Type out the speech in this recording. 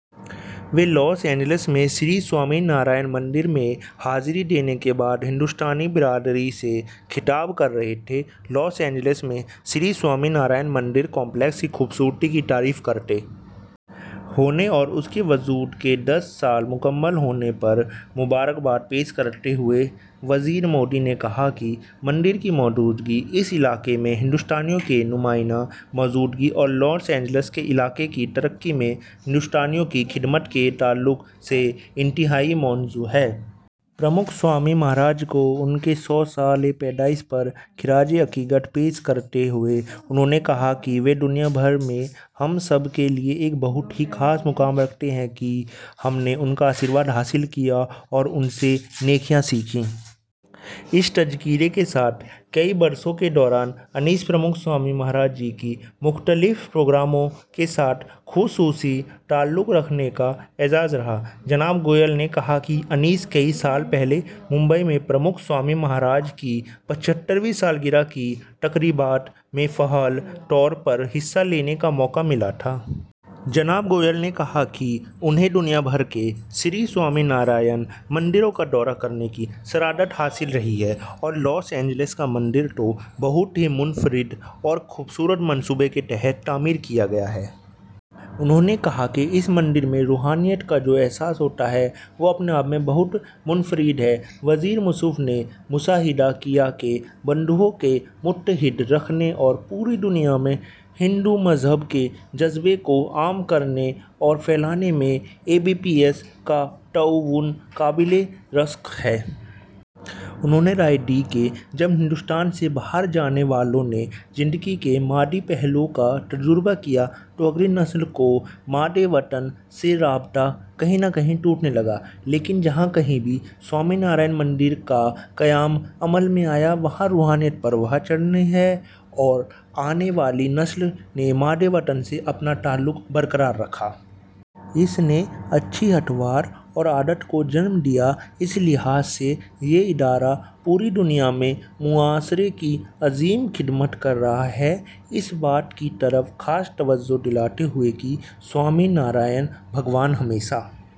وہ Los Angeles میں Shri Swaminarayan مندر میں حاضری دینے کے بعد ہندوستانی برادری سے خطاب کر رہے تھے۔ لاس اینجلس میں شری سوامی نارائن مندر کمپلیکس کی خوبصورتی کی تعریف کرتے ہوئے اور اس کے وجود کے دس سال مکمل ہونے پر مبارکباد پیش کرتے ہوئے وزیر موصوف نے کہا کہ مندر کی موجودگی اس علاقے میں ہندوستانیوں کی نمایاں موجودگی اور لاس اینجلس کے علاقے کی ترقی اور ترقی میں ہندوستانیوں کی خدمات کے تعلق سے انتہائی موزوں ہے۔ پرمکھ سوامی مہاراج کو ان کے صد سالہ یوم پیدائش پر خراج عقیدت پیش کرتے ہوئے انہوں نے کہا کہ یہ دنیا بھر میں ہم سب کے لیے ایک بہت ہی خاص موقع رہا کہ ہم نے ان کا آشیرواد حاصل کیا اور ان سے نیکیاں سیکھیں۔ اس تذکرے کے ساتھ کہ کئی برسوں کے دوران انہیں پرمکھ سوامی مہاراج جی کے مختلف پروگراموں کے ساتھ خصوصی تعلق رکھنے کا اعزاز رہا، جناب گوئل نے کہا کہ انہیں کئی سال قبل ممبئی میں پرمکھ سوامی مہاراج کی پچھترویں سالگرہ کی تقریبات میں فعال طور پر حصہ لینے کا موقع ملا تھا۔ جناب گوئل نے کہا کہ انہیں دنیا بھر کے شری سوامی نارائن مندروں کا دورہ کرنے کی سعادت حاصل رہی ہے اور لاس اینجلس کا مندر تو بہت ہی منفرد اور خوبصورت منصوبے کے تحت اسے تعمیر کیا گیا ہے۔ انہوں نے کہا کہ اس مندر میں روحانیت کا جو احساس ہوتا ہے، وہ اپنے آپ میں بہت منفرد ہے۔ وزیر موصوف نے مشاہدہ کیا کہ ہندوؤں کو متحد رکھنے اور پوری دنیا میں ہندو مذہب کے جذبے کو عام کرنے اور پھیلانے میں بی اے پی ایس کا تعاون قابلِ رشک ہے۔ انہوں نے رائے دی کہ جب ہندوستان سے باہر جانے والوں نے زندگی کے مادی پہلوؤں کا تجربہ کیا، تو اگلی نسل کو مادر وطن سے رابطہ کھونے کا ڈر پیدا ہوا، لیکن جہاں کہیں بھی سوامی نارائن مندر کا قیام عمل میں آیا، وہاں روحانیت پروان چڑھی ہے اور آنے والی نسل نے مادر وطن سے اپنا تعلق برقرار رکھا۔ اس نے اچھی اطوار اور عادات کو جنم دیا۔ اس لحاظ سے یہ ادارہ پوری دنیا میں معاشرے کی عظیم خدمت کر رہا ہے۔ اس بات کی طرف خاص توجہ دلاتے ہوئے کہ سوامی نارائن بھگوان ہمیشہ